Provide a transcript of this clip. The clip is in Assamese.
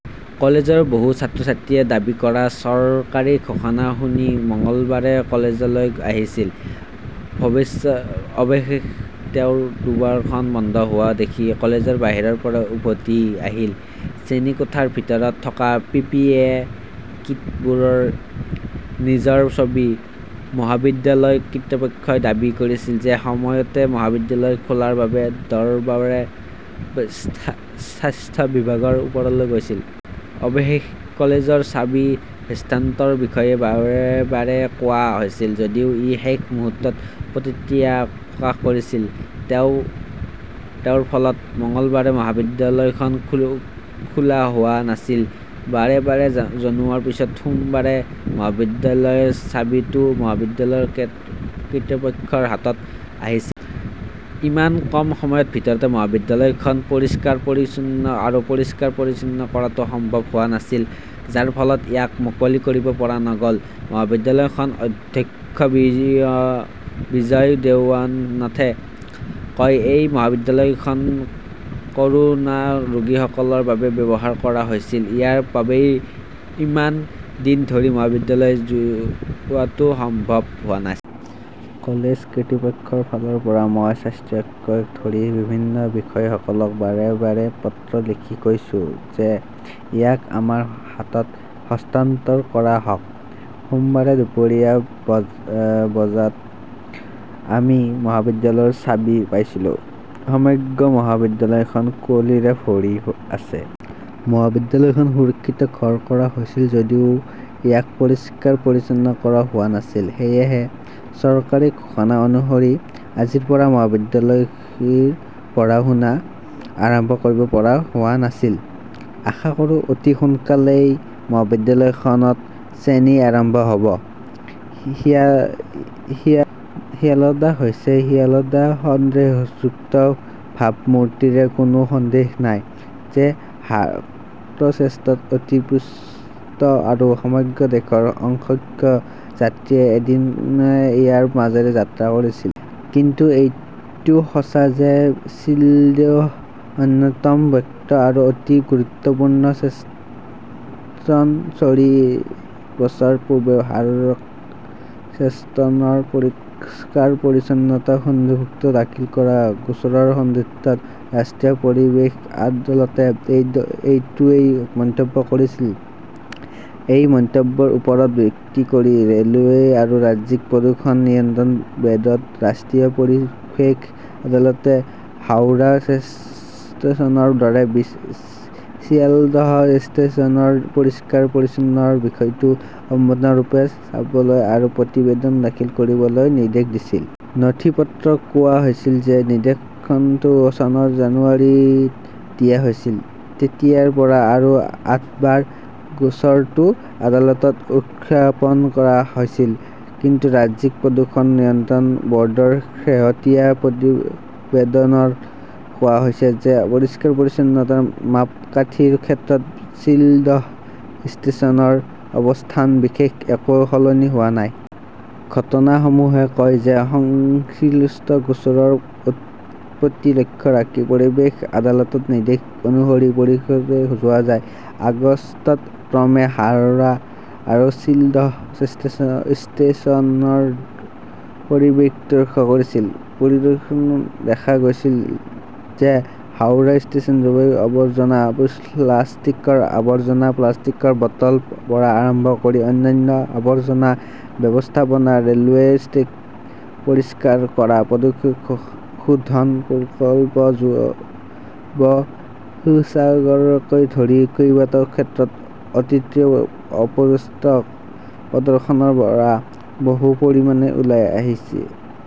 কলেজৰ বহু ছাত্ৰ-ছাত্ৰীয়ে দাবী কৰা, চৰকাৰী ঘোষণা শুনি মঙলবাৰে কলেজলৈ আহিছিল। অৱশ্যে তেওঁৰ দুৱাৰখন বন্ধ হোৱা দেখি কলেজৰ বাহিৰৰ পৰা উভতি আহিছিল। শ্ৰেণীকোঠাৰ ভিতৰত থকা পি. পি. ই. কিটবোৰ। নিজৰ ছবি। মহাবিদ্যালয় কৰ্তৃপক্ষই দাবী কৰিছিল যে সময়মতে মহাবিদ্যালয়খন খোলাৰ বাবে দৰবাৰে স্বাস্থ্য বিভাগৰ ওচৰলৈ গৈছিল। অৱশ্যে, কলেজৰ চাবি হস্তান্তৰৰ বিষয়ে বাৰে বাৰে কোৱা হৈছিল যদিও ই শেষ মুহূৰ্তত প্ৰতিক্ৰিয়া প্ৰকাশ কৰিছিল। তেওঁৰ ফলত মঙলবাৰে মহাবিদ্যালয়খন খোলা হোৱা নাছিল। বাৰে বাৰে জনোৱাৰ পিছত সোমবাৰে মহাবিদ্যালয়ৰ চাবিটো মহাবিদ্যালয়ৰ কৰ্তৃপক্ষৰ হাতত আহিছিল। ইমান কম সময়ৰ ভিতৰতে মহাবিদ্যালয়খন পৰিষ্কাৰ-পৰিচ্ছন্ন আৰু পৰিষ্কাৰ-পৰিচ্ছন্ন কৰাটো সম্ভৱ হোৱা নাছিল। যাৰ ফলত ইয়াক মুকলি কৰিব পৰা নগ'ল। মহাবিদ্যালয়খনৰ অধ্যক্ষ বিজয় দেৱনাথে কয়, এই মহাবিদ্যালয়খন কৰোনা ৰোগীসকলৰ বাবে ব্যৱহাৰ কৰা হৈছিল। ইয়াৰ বাবেই ইমান দিন ধৰি মহাবিদ্যালয়লৈ যোৱাটো সম্ভৱ হোৱা নাছিল। কলেজ কৰ্তৃপক্ষৰ ফালৰ পৰা মই স্বাস্থ্যকে ধৰি বিভিন্ন বিষয়াসকলক বাৰে - বাৰে পত্ৰ লিখি কৈছিলো যে ইয়াক আমাৰ হাতত হস্তান্তৰ কৰা হওক। সোমবাৰে দুপৰীয়া বজাত আমি মহাবিদ্যালয়ৰ চাবি পাইছিলো। সমগ্ৰ মহাবিদ্যালয়খন কুঁৱলীৰে ভৰি আছে। মহাবিদ্যালয়খন সুৰক্ষিত ঘৰ কৰা হৈছিল যদিও ইয়াক পৰিষ্কাৰ-পৰিচ্ছন্ন কৰা হোৱা নাছিল। সেয়েহে, চৰকাৰী ঘোষণা অনুসৰি আজিৰ পৰা মহাবিদ্যালয়ৰ পঢ়া-শুনা আৰম্ভ কৰিব পৰা হোৱা নাছিল। আশা কৰোঁ অতি সোনকালেই মহাবিদ্যালয়খনত শ্ৰেণী আৰম্ভ হ'ব। শিয়ালদা হৈছে শিয়ালদা, সন্দেহযুক্ত ভাবমূৰ্তিৰে কোনো সন্দেহ নাই যে হাওৰা ষ্টেচন অতি ব্যস্ত আৰু সমগ্ৰ দেশৰ অসংখ্য যাত্ৰীয়ে প্ৰতিদিনে ইয়াৰ মাজেৰে যাত্ৰা কৰে। কিন্তু এইটোও সঁচা যে শ্বিলদহ অন্যতম ব্যস্ত আৰু অতি গুৰুত্বপূৰ্ণ ষ্টেচন। চাৰি বছৰ পূৰ্বে হাওৰা ষ্টেচনৰ পৰিষ্কাৰ-পৰিচ্ছন্নতা সন্দৰ্ভত দাখিল কৰা গোচৰৰ সন্দৰ্ভত ৰাষ্ট্ৰীয় পৰিৱেশ আদালতে এইটোৱেই মন্তব্য কৰিছিল। এই মন্তব্যৰ ওপৰত ভিত্তি কৰি ৰে'লৱে আৰু ৰাজ্যিক প্ৰদূষণ নিয়ন্ত্ৰণ বোৰ্ডক ৰাষ্ট্ৰীয় পৰিৱেশ আদালতে হাওৰা ষ্টেচনৰ দৰে চিয়ালদহ ষ্টেচনৰ পৰিষ্কাৰ-পৰিচ্ছন্নতাৰ বিষয়টো সম্পূৰ্ণৰূপে চাবলৈ আৰু প্ৰতিবেদন দাখিল কৰিবলৈ নিৰ্দেশ দিছিল। নথিপত্ৰত কোৱা হৈছে যে নিৰ্দেশটো চনৰ জানুৱাৰীত দিয়া হৈছিল। তেতিয়াৰ পৰা আৰু আঠবাৰ গোচৰটো আদালতত উত্থাপন কৰা হৈছে। কিন্তু ৰাজ্যিক প্ৰদূষণ নিয়ন্ত্ৰণ বৰ্ডৰ শেহতীয়া প্ৰতিবেদনত কোৱা হৈছে যে পৰিষ্কাৰ-পৰিচ্ছন্নতাৰ মাপকাঠিৰ ক্ষেত্ৰত শ্বিলদহ ষ্টেচনৰ অৱস্থানত বিশেষ একো সলনি হোৱা নাই। ঘটনাসমূহে কয় যে সংশ্লিষ্ট গোচৰৰ প্ৰতি লক্ষ্য ৰাখি পৰিৱেশ আদালতৰ নিৰ্দেশ অনুসৰি পৰিষদে যোৱা আৰু আগষ্টত ক্ৰমে হাওৰা আৰু শ্বিলদহ ষ্টেচন পৰিদৰ্শন কৰিছিল। পৰিদৰ্শনত দেখা গৈছে যে হাওৰা ষ্টেচন জৈৱ আৱৰ্জনা, প্লাষ্টিকৰ আৱৰ্জনা, প্লাষ্টিকৰ বটলৰ পৰা আৰম্ভ কৰি অন্যান্য আৱৰ্জনা ব্যৱস্থাপনা, ৰে'লৱে ট্ৰেক পৰিষ্কাৰ কৰা, প্ৰদূষিত শোধন প্ৰকল্প, জৈৱ শৌচাগাৰকে ধৰি কেইবাটাও ক্ষেত্ৰত অতীতৰ অস্পষ্ট 'প্ৰদৰ্শনৰ পৰা বহু পৰিমাণে ওলাই আহিছে।